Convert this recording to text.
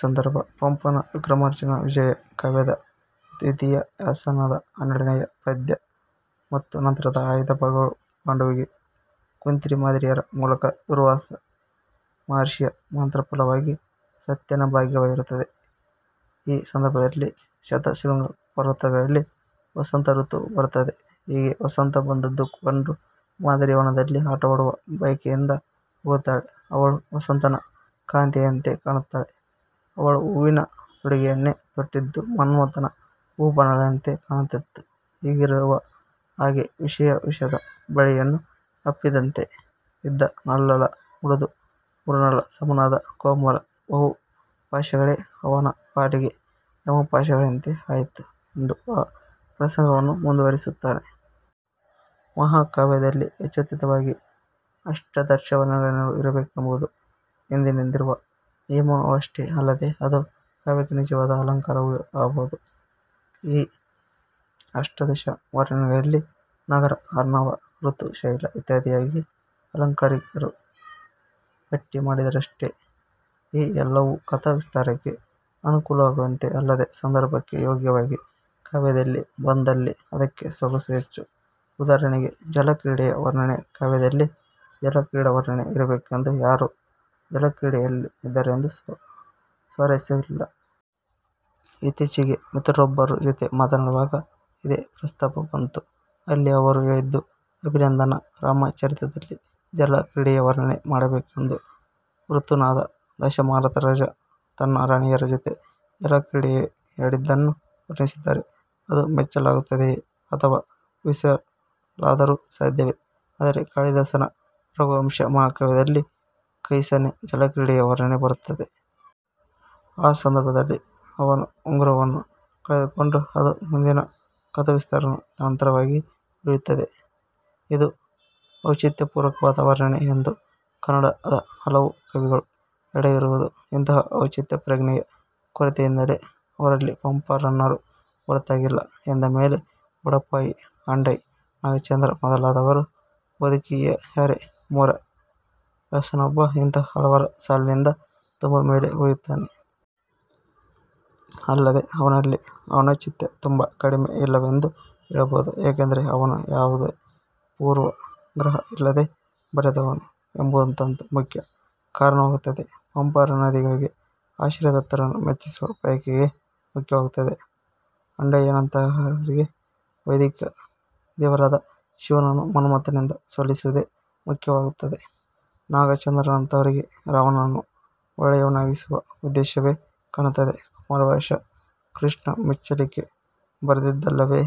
ಸಂದರ್ಭ: ಪಂಪನ ವಿಕ್ರಮಾರ್ಜುನ ವಿಜಯ ಕಾವ್ಯದ ದ್ವಿತೀಯಾಶ್ವಾಸದ ಹನ್ನೆರಡನೆಯ ಪದ್ಯ ಮತ್ತು ನಂತರದ ಆಯ್ದ ಭಾಗಗಳು- ಪಾಂಡುವಿಗೆ ಕುಂತಿಮಾದ್ರಿಯರ ಮೂಲಕ ದೂರ್ವಾಸ ಮಹರ್ಷಿಯ ಮಂತ್ರಫಲವಾಗಿ ಸಂತಾನಭಾಗ್ಯವಾಗಿರುತ್ತದೆ. ಆ ಸಂದರ್ಭದಲ್ಲಿ ಶತಶೃಂಗ ಪರ್ವತಗಳಲ್ಲಿ ವಸಂತ ಋತು ಬರುತ್ತದೆ. ಹೀಗೆ ವಸಂತ ಬಂದದ್ದು ಕಂಡು ಮಾದ್ರಿ ವನದಲ್ಲಿ ಆಟವಾಡುವ ಬಯಕೆಯಿಂದ ಹೋಗುತ್ತಾಳೆ ಅವಳು ವಸಂತನ ಕಾಂತೆಯಂತೆ ಕಾಣುತ್ತಾಳೆ ಅವಳು ಹೂವಿನ ತೊಡುಗೆಯನ್ನೇ ತೊಟ್ಟಿದ್ದು ಮನ್ಮಥನ ಹೂಬಾಣಗಳಂತೆ ಕಾಣುತ್ತಿತ್ತು ಹೀಗಿರಲು ಹಾಗೆ ವಿಷಮ ವಿಷದ ಬಳ್ಳಿಯನ್ನು ಅಪ್ಪಿದಂತೆ ಇದ್ದ ನಲ್ಲಳ ಮೃದು ಮೃಣಾಲ ಸಮನಾದ ಕೋಮಲ ಬಾಹುಪಾಶಗಳೇ ಅವನ ಪಾಲಿಗೆ ಯಮಪಾಶಗಳಂತೆ ಆಯಿತು ಎಂದು ಆ ಪ್ರಸಂಗವನ್ನು ಮುಂದುವರೆಸುತ್ತಾನೆ. ಮಹಾಕಾವ್ಯದಲ್ಲಿ ಯಥೋಚಿತವಾಗಿ ಅಷ್ಟಾದಶವರ್ಣನೆಗಳು ಇರಬೇಕೆಂಬುದು ಹಿಂದಿನಿಂದಿರುವ ನಿಯಮವಷ್ಟೇ ಅಲ್ಲದೆ ಅದು ಕಾವ್ಯಕ್ಕೆ ನಿಜವಾದ ಅಲಂಕಾರವೂ ಅಹುದು. ಈ ಅಷ್ಟಾದಶ ವರ್ಣನೆಗಳಲ್ಲಿ ನಗರ, ಅರ್ಣವ, ಋತು, ಶೈಲ ಇತ್ಯಾದಿಯಾಗಿ ಆಲಂಕಾರಿಕರು ಪಟ್ಟಿ ಮಾಡಿದ್ದಾರಷ್ಟೆ. ಈ ಎಲ್ಲವೂ ಕಥಾವಿಸ್ತಾರಕ್ಕೆ ಅನುಕೂಲವಾಗುವಂತೆ ಅಲ್ಲದೇ ಸಂದರ್ಭಕ್ಕೆ ಯೋಗ್ಯವಾಗಿ ಕಾವ್ಯದಲ್ಲಿ ಬಂದಲ್ಲಿ ಅದಕ್ಕೆ ಸೊಗಸು ಹೆಚ್ಚು. ಉದಾಹರಣೆಗೆ ಜಲಕ್ರೀಡೆಯ ವರ್ಣನೆ- ಕಾವ್ಯದಲ್ಲಿ ಜಲಕ್ರೀಡಾ ವರ್ಣನೆ ಇರಬೇಕೆಂದು ಯಾರೋ ಜಲಕ್ರೀಡೆಯಾಡಿದರೆಂದಲ್ಲಿ ಸ್ವಾರಸ್ಯವಿಲ್ಲ. ಇತ್ತೀಚೆಗೆ ಮಿತ್ರರೊಬ್ಬರ ಜೊತೆ ಮಾತನಾಡುವಾಗ ಇದೇ ಪ್ರಸ್ತಾಪ ಬಂತು- ಅಲ್ಲಿ ಅವರು ಹೇಳಿದ್ದು-ಅಭಿನಂದನ ರಾಮಚರಿತದಲ್ಲಿ-ಜಲಕ್ರೀಡೆಯ ವರ್ಣನೆ ಮಾಡಬೇಕೆಂದು ವೃದ್ಧನಾದ ದಶರಥಮಹಾರಾಜ ತನ್ನ ರಾಣಿಯರ ಜೊತೆ ಜಲಕ್ರೀಡೆಯಾಡಿದ್ದನ್ನು ವರ್ಣಿಸಿದರೆ ಅದನ್ನು ಮೆಚ್ಚಲಾಗುತ್ತದೆಯೇ! ಅಥವಾ ಊಹಿಸಲಾದರೂ ಸಾಧ್ಯವೇ? ಆದರೆ ಕಾಲಿದಾಸನ ರಘುವಂಶ ಮಹಾಕಾವ್ಯದಲ್ಲಿ ಕೈಸನ್ನೆ ಜಲಕ್ರೀಡೆಯ ವರ್ಣನೆ ಬರುತ್ತದೆ. ಆ ಸಂದರ್ಭದಲ್ಲೇ ಅವನು ಉಂಗುರವನ್ನು ಕಳೆದುಕೊಂಡು ಅದು ಮುಂದಿನ ಕಥಾವಿಸ್ತರಣ ತಂತ್ರವಾಗಿ ಬೆಳೆಯುತ್ತದೆ. ಇದು ಔಚಿತ್ಯಪೂರ್ವಕವಾದ ವರ್ಣನೆ ಎಂದು. ಕನ್ನಡದ ಹಲವು ಕವಿಗಳು ಎಡವಿರುವುದು ಇಂತಹ ಔಚಿತ್ಯಪ್ರಜ್ಞೆಯ ಕೊರತೆಯಿಂದಲೇ, ಅವರಲ್ಲಿ ಪಂಪ ರನ್ನರೂ ಹೊರತಾಗಿಲ್ಲ ಎಂದಮೇಲೆ ಬಡಪಾಯಿ ಆಂಡಯ್ಯನಾಗಚಂದ್ರ ಮೊದಲಾದವರು ಬದುಕಿಯಾರೇ! ಕುಮಾರವ್ಯಾಸನೊಬ್ಬ ಇಂತಹ ಹಲವರ ಸಾಲಿನಿಂದ ತುಂಬಾ ಮೇಲೇ ಉಳಿಯುತ್ತಾನೆ. ಅಲ್ಲದೇ ಅವನಲ್ಲಿ ಅನೌಚಿತ್ಯ ತುಂಬಾ ಕಡಿಮೆ-ಇಲ್ಲವೆಂದೇ ಹೇಳಬಹುದು. ಏಕೆಂದರೆ ಅವನು ಯಾವುದೇ ಪೂರ್ವಾಗ್ರಹ ಇಲ್ಲದೇ ಬರೆದವನು ಎಂಬುದಂತೂ ಮುಖ್ಯ ಕಾರಣವಾಗುತ್ತದೆ. ಪಂಪರನ್ನಾದಿಗಳಿಗೆ ಆಶ್ರಯದಾತರನ್ನು ಮೆಚ್ಚಿಸುವ ಬಯಕೆಯೇ ಮುಖ್ಯವಾಗುತ್ತದೆ, ಆಂಡಯ್ಯನಂತಹವರಿಗೆ ವೈದಿಕದೇವರಾದ ಶಿವನನ್ನು ಮನ್ಮಥನಿಂದ ಸೋಲಿಸುವುದೇ ಮುಖ್ಯವಾಗುತ್ತದೆ. ನಾಗಚಂದ್ರನಂತಹವರಿಗೆ ರಾವಣನನ್ನು ಒಳ್ಳೆಯವನನ್ನಾಗಿಸುವ ಉದ್ದೇಶವೇ ಕಾಣುತ್ತದೆ. ಕುಮಾರವ್ಯಾಸ 'ಕೃಷ್ಣ ಮೆಚ್ಚಲಿಕೆ'ಬರೆದದ್ದಲ್ಲವೇ.